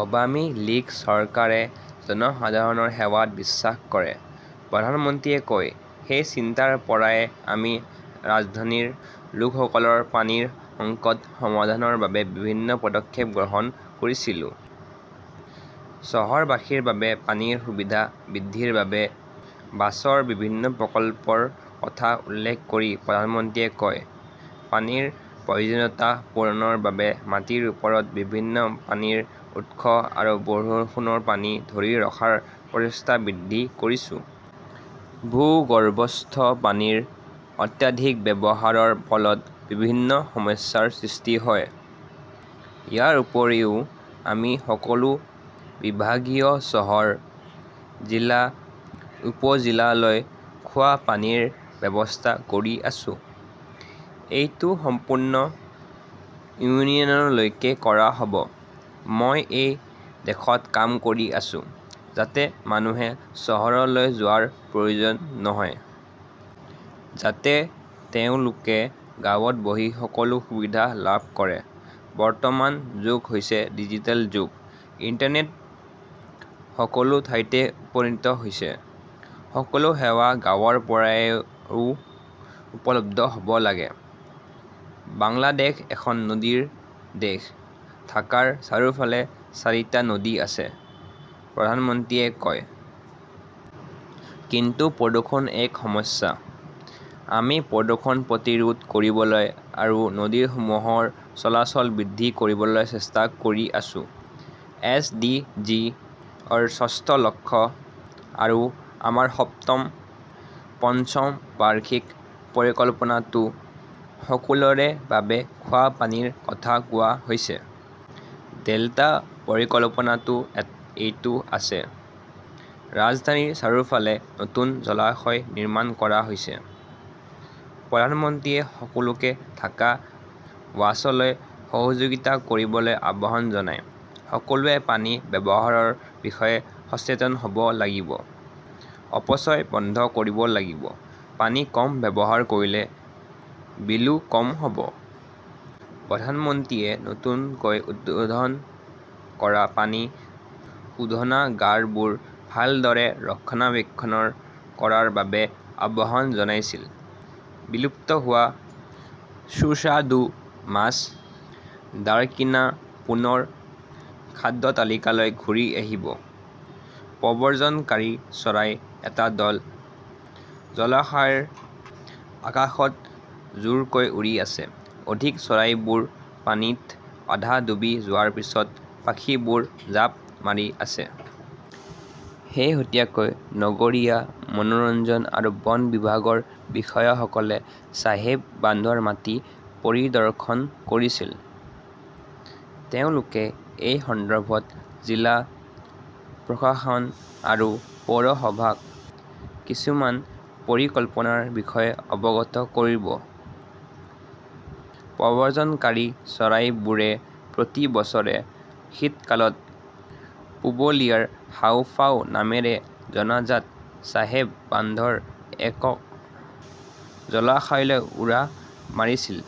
আৱামী লীগ চৰকাৰে জনসাধাৰণৰ সেৱাত বিশ্বাস কৰে, প্ৰধানমন্ত্ৰীয়ে কয়। সেই চিন্তাৰ পৰাই আমি ৰাজধানীৰ লোকসকলৰ পানীৰ সংকট সমাধানৰ বাবে বিভিন্ন পদক্ষেপ গ্ৰহণ কৰিছিলো। "চহৰবাসীৰ বাবে পানীৰ সুবিধা বৃদ্ধিৰ বাবে ৱাছাৰ বিভিন্ন প্ৰকল্পৰ কথা উল্লেখ কৰি প্ৰধানমন্ত্ৰীয়ে কয়,"পানীৰ প্ৰয়োজনীয়তা পূৰণৰ বাবে মাটিৰ ওপৰত বিভিন্ন পানীৰ উৎস আৰু বৰষুণৰ পানী ধৰি ৰখাৰ প্ৰচেষ্টা বৃদ্ধি কৰিছোঁ। ভূগৰ্ভস্থ পানীৰ অত্যাধিক ব্যৱহাৰৰ ফলত বিভিন্ন সমস্যাৰ সৃষ্টি হয়। ইয়াৰ উপৰিও, আমি সকলো বিভাগীয় চহৰ, জিলা-উপজিলালৈ খোৱাপানীৰ ব্যৱস্থা কৰি আছো। এইটো সম্পূৰ্ণ ইউনিয়নলৈকে কৰা হব। মই এই দিশত কাম কৰি আছোঁ, যাতে মানুহে চহৰলৈ যোৱাৰ প্ৰয়োজন নহয়। যাতে তেওঁলোকে গাঁৱত বহি সকলো সুবিধা লাভ কৰে। বৰ্তমান যুগ হৈছে ডিজিটেল যুগ। ইণ্টাৰনেট সকলো ঠাইতে উপনীত হৈছে। সকলো সেৱা গাঁৱৰ পৰাও উপলব্ধ হব লাগে"। "বাংলাদেশ এখন নদীৰ দেশ, ঢাকাৰ চাৰিওফালে চাৰিটা নদী আছে", প্ৰধানমন্ত্ৰীয়ে কয়। "কিন্তু প্ৰদূষণ এক সমস্যা। আমি প্ৰদূষণ প্ৰতিৰোধ কৰিবলৈ আৰু নদীসমূহৰ চলাচল বৃদ্ধি কৰিবলৈ চেষ্টা কৰি আছো। এছ. ডি. জি. ৰ ষষ্ঠ লক্ষ্য আৰু আমাৰ সপ্তম পঞ্চবাৰ্ষিক পৰিকল্পনাতো সকলোৰে বাবে খোৱাপানীৰ কথা কোৱা হৈছে। ডেল্টা পৰিকল্পনাতো এইটো আছে। ৰাজধানীৰ চাৰিওফালে নতুন জলাশয় নিৰ্মাণ কৰা হৈছে"। প্ৰধানমন্ত্ৰীয়ে সকলোকে ঢাকা ৱাছালৈ সহযোগিতা কৰিবলৈ আহ্বান জনায়। "সকলোৱে পানী ব্যৱহাৰৰ বিষয়ে সচেতন হব লাগিব। অপচয় বন্ধ কৰিব লাগিব। পানী কম ব্যৱহাৰ কৰিলে বিলো কম হব"। প্ৰধানমন্ত্ৰীয়ে নতুনকৈ উদ্বোধন কৰা পানী শোধনাগাৰবোৰ ভালদৰে ৰক্ষণাবেক্ষণ কৰাৰ বাবেও আহ্বান জনাইছিল। বিলুপ্ত হোৱা সুস্বাদু মাছ দাৰ্কিনা পুনৰ খাদ্যতালিকালৈ ঘূৰি আহিব । প্ৰব্ৰজনকাৰী চৰাইৰ এটা দল জলাশয়ৰ আকাশত জোৰকৈ উৰি আছে। অধিক চৰাইবোৰে পানীত আধা ডুব যোৱাৰ পিছত পাখিবোৰ জাপ মাৰি আছে। শেহতীয়াকৈ নগৰীয়া মনোৰঞ্জন আৰু বন বিভাগৰ বিষয়াসকলে চাহিব বান্ধৰ মাটি পৰিদৰ্শন কৰিছিল। তেওঁলোকে এই সন্দৰ্ভত জিলা প্ৰশাসন আৰু পৌৰসভাক কিছুমান পৰিকল্পনাৰ বিষয়ে অৱগত কৰিব। প্ৰব্ৰজনকাৰী চৰাইবোৰে প্ৰতি বছৰে শীতকালত পুৰুলিয়াৰ হাঁওফাঁও নামেৰে জনাজাত চাহিব বান্ধৰ একৰ জলাশয়লৈ উৰা মাৰিছিল।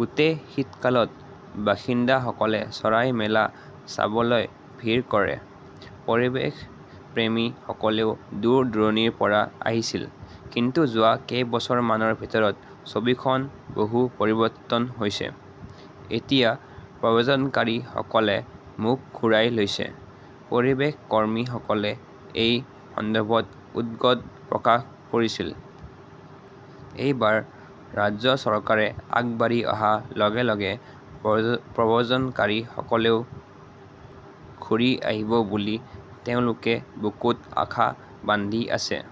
গোটেই শীতকালত বাসিন্দাসকলে চৰাই মেলা চাবলৈ ভিৰ কৰে। পৰিৱেশপ্ৰেমীসকলেও দূৰ-দূৰণিৰ পৰা আহিছিল। কিন্তু যোৱা কেইবছৰমানৰ ভিতৰত ছবিখন বহু পৰিৱৰ্তিত হৈছে। এতিয়া প্ৰব্ৰজনকাৰীসকলে মুখ ঘূৰাই লৈছে। পৰিৱেশকৰ্মীসকলে এই সন্দৰ্ভত উদ্বেগ প্ৰকাশ কৰিছিল। এইবাৰ ৰাজ্য চৰকাৰে আগবাঢ়ি অহাৰ লগে লগে প্ৰব্ৰজনকাৰীসকলে ঘূৰি আহিব বুলি তেওঁলোকে বুকুত আশা বান্ধি আছে।